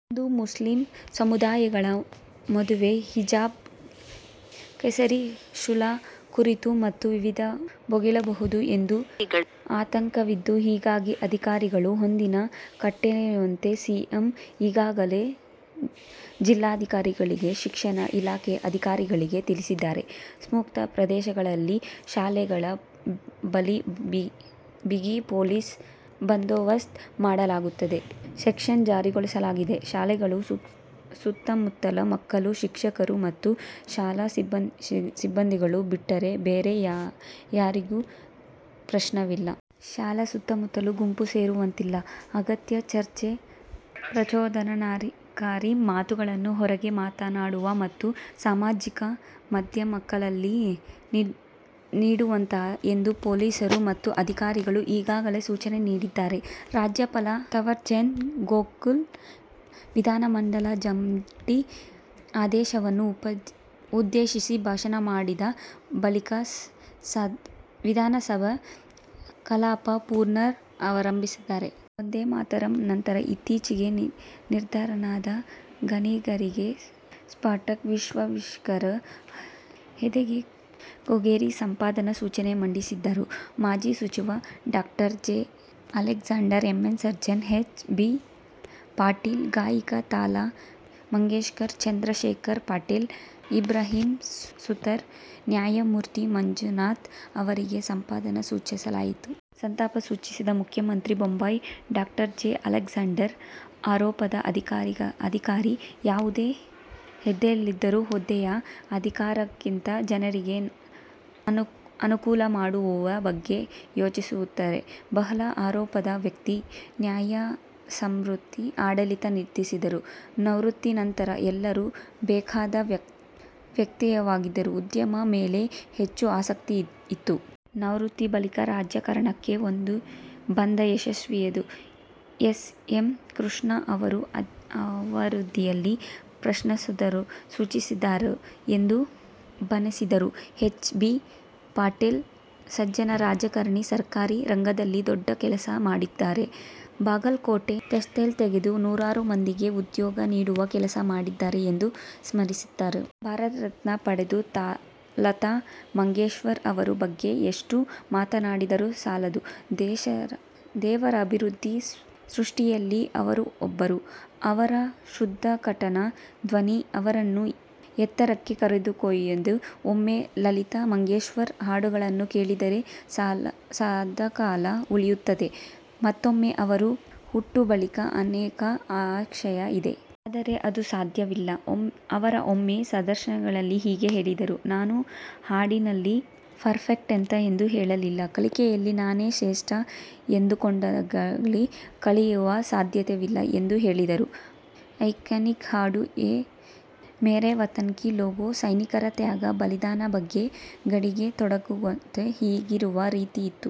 ಹಿಂದೂ-ಮುಸ್ಲಿಂ ಸಮುದಾಯಗಳ ಮಧ್ಯೆ ಹಿಜಾಬ್-ಕೇಸರಿ ಶಾಲು ಕುರಿತು ಮತ್ತೆ ವಿವಾದ ಭುಗಿಲೇಳಬಹುದು ಎಂಬ ಆತಂಕವಿದ್ದು ಹೀಗಾಗಿ ಅಧಿಕಾರಿಗಳು ಹದ್ದಿನ ಕಣ್ಣಿಟ್ಟಿರುವಂತೆ ಸಿಎಂ ಈಗಾಗಲೇ ಜಿಲ್ಲಾಧಿಕಾರಿಗಳು, ಶಿಕ್ಷಣ ಇಲಾಖೆ ಅಧಿಕಾರಿಗಳಿಗೆ ತಿಳಿಸಿದ್ದಾರೆ. ಸೂಕ್ಷ್ಮ ಪ್ರದೇಶಗಳಲ್ಲಿರುವ ಶಾಲೆಗಳ ಬಳಿ ಬಿಗಿ ಪೊಲೀಸ್ ಬಂದೋಬಸ್ತ್ ಮಾಡಲಾಗಿದ್ದು, ಸೆಕ್ಷನ್ ಜಾರಿಗೊಳಿಸಲಾಗಿದೆ. ಶಾಲೆಗಳ ಸುತ್ತಮುತ್ತ ಮಕ್ಕಳು, ಶಿಕ್ಷಕರು ಮತ್ತು ಶಾಲಾ ಸಿಬ್ಬಂದಿ ಬಿಟ್ಟರೆ ಬೇರೆ ಯಾರಿಗೂ ಪ್ರವೇಶವಿಲ್ಲ. ಶಾಲೆಯ ಸುತ್ತಮುತ್ತ ಗುಂಪು ಸೇರುವಂತಿಲ್ಲ. ಅನಗತ್ಯ ಚರ್ಚೆ, ಪ್ರಚೋದನಾಕಾರಿ ಮಾತುಗಳನ್ನು ಹೊರಗೆ ಓಡಾಡುವಾಗ ಮತ್ತು ಸಾಮಾಜಿಕ ಮಾಧ್ಯಮಗಳಲ್ಲಿ ನೀಡುವಂತಿಲ್ಲ ಎಂದು ಪೊಲೀಸರು ಮತ್ತು ಅಧಿಕಾರಿಗಳು ಈಗಾಗಲೇ ಸೂಚನೆ ನೀಡಿದ್ದಾರೆ. ರಾಜ್ಯಪಾಲ ಥಾವರ್ ಚಂದ್ ಗೆಹ್ಲೋಟ್ ವಿಧಾನಮಂಡಲ ಜಂಟಿ ಅಧಿವೇಶನ ಉದ್ದೇಶಿಸಿ ಭಾಷಣ ಮಾಡಿದ ಬಳಿಕ ವಿಧಾನಸಭೆ ಕಲಾಪ ಪುನರ್ ಆರಂಭಿಸಲಾಯಿತು. ವಂದೇ ಮಾತರಂ ನಂತರ ಇತ್ತೀಚೆಗೆ ನಿಧನರಾದ ಗಣ್ಯರಿಗೆ ಸ್ಪೀಕರ್ ವಿಶ್ವೇಶ್ವರ ಹೆಗಡೆ ಕಾಗೇರಿ ಸಂತಾಪ ಸೂಚನೆ ಮಂಡಿಸಿದರು. ಮಾಜಿ ಸಚಿವ ಡಾ. J. Alexander, M N Sajjan, H. B Patil, ಗಾಯಕಿ ಲತಾ ಮಂಗೇಶ್ಕರ್, ಚಂದ್ರಶೇಖರ್ ಪಾಟೀಲ್, ಇಬ್ರಾಹಿಂ ಸುತಾರ್, ನ್ಯಾಯಮೂರ್ತಿ ಮಂಜುನಾಥ್ ಅವರಿಗೆ ಸಂತಾಪ ಸೂಚಿಸಲಾಯಿತು. ಸಂತಾಪ ಸೂಚಿಸಿದ ಮುಖ್ಯಮಂತ್ರಿ ಬೊಮ್ಮಾಯಿ ಡಾ. ಜೆ ಅಲೆಗ್ಸಾಂಡರ್ ಅಪರೂಪದ ಅಧಿಕಾರಿ. ಯಾವುದೇ ಹುದ್ದೆಯಲ್ಲಿದ್ರೂ, ಹುದ್ದೆಯ ಅಧಿಕಾರಕ್ಕಿಂತ, ಜನರಿಗೆ ಅನುಕೂಲ ಮಾಡಿಕೊಡುವ ಬಗ್ಗೆ ಅಲೋಚಿಸುತ್ತಿದ್ದರು. ಬಹಳ ಅಪರೂಪದ ವ್ಯಕ್ತಿ. ನ್ಯಾಯಸಮ್ಮತ ಆಡಳಿತ ನೀಡಿದವರು. ನಿವೃತ್ತಿ ನಂತರ ಎಲ್ಲರಿಗೂ ಬೇಕಾದ ವ್ಯಕ್ತಿಯಾಗಿದ್ದರು. ಉದ್ಯಮದ ಮೇಲೆ ಹೆಚ್ಚು ಆಸಕ್ತಿ ಇತ್ತು. ನಿವೃತ್ತಿ ಬಳಿಕ ರಾಜಕಾರಣಕ್ಕೆ ಬಂದು ಯಶಸ್ವಿಯಾದರು. ಎಸ್. ಎಂ. ಕೃಷ್ಣಾ ಅವರ ಅವಧಿಯಲ್ಲಿ ಪ್ರವಾಸೋದ್ಯಮ ಸಚಿವರಾಗಿದ್ದರು ಎಂದು ಬಣ್ಣಿಸಿದರು. ಹೆಚ್. ಬಿ ಪಾಟೀಲ್ ಸಜ್ಜನ ರಾಜಕಾರಣಿ. ಸಹಕಾರಿ ರಂಗದಲ್ಲಿ ದೊಡ್ಡ ಕೆಲಸ ಮಾಡಿದ್ದಾರೆ. ಬಾಗಲಕೋಟೆ ಟೆಕ್ಸ್ಟೈಲ್ ತೆಗೆದು ನೂರಾರು ಮಂದಿಗೆ ಉದ್ಯೋಗ ನೀಡುವ ಕೆಲಸ ಮಾಡಿದ್ದಾರೆ ಎಂದು ಸ್ಮರಿಸಿದರು. ಭಾರತ ರತ್ನ ಪಡೆದ ಲತಾ ಮಂಗೇಶ್ಕರ್ ಅವರ ಬಗ್ಗೆ ಎಷ್ಟು ಮಾತನಾಡಿದರು ಸಾಲದು. ದೇವರ ಅದ್ಭುತ ಸೃಷ್ಟಿಯಲ್ಲಿ ಅವರು ಒಬ್ಬರು. ಅವರ ಶುದ್ಧ ಕಂಠ, ಧ್ವನಿ ಅವರನ್ನ ಎತ್ತರಕ್ಕೆ ಕರೆದೊಯ್ದಿದೆ. ಒಮ್ಮೆ, ಲತಾ ಮಂಗೇಶ್ಕರ್ ಹಾಡನ್ನು ಕೇಳಿದರೆ ಸದಾಕಾಲ ಉಳಿಯುತ್ತಿತ್ತು. ಮತ್ತೊಮ್ಮೆ ಅವರು ಹುಟ್ಟಿಬರಲಿ ಅನ್ನೋ ಆಶಯ ಇದೆ. ಆದರೆ, ಅದು ಸಾಧ್ಯವಿಲ್ಲ. ಅವರು ಒಮ್ಮೆ, ಸಂದರ್ಶನದಲ್ಲಿ ಹೀಗೆ ಹೇಳಿದ್ದರು, ನಾನು ಹಾಡಿನಲ್ಲಿ ಪರ್ಫೆಕ್ಟ್ ಅಂತ ಎಂದೂ ಹೇಳಲಿಲ್ಲ. ಕಲಿಕೆಯಲ್ಲಿ ನಾನೇ ಶ್ರೇಷ್ಠ ಎಂದುಕೊಂಡಾಗ, ಕಲಿಯಲು ಸಾಧ್ಯವಿಲ್ಲ ಅಂತ ಹೇಳಿದ್ದರು. ಐಕಾನಿಕ್ ಹಾಡು ಎ ಮೇರೆ ವತನ್ಕಿ ಲೋಗೋ.. ಸೈನಿಕರ ತ್ಯಾಗ ಬಲಿದಾನ ಬಗ್ಗೆ ಗಡಿಗೆ ತೆಗೆದುಕೊಂಡು ಹೋಗುವ ರೀತಿ ಇತ್ತು.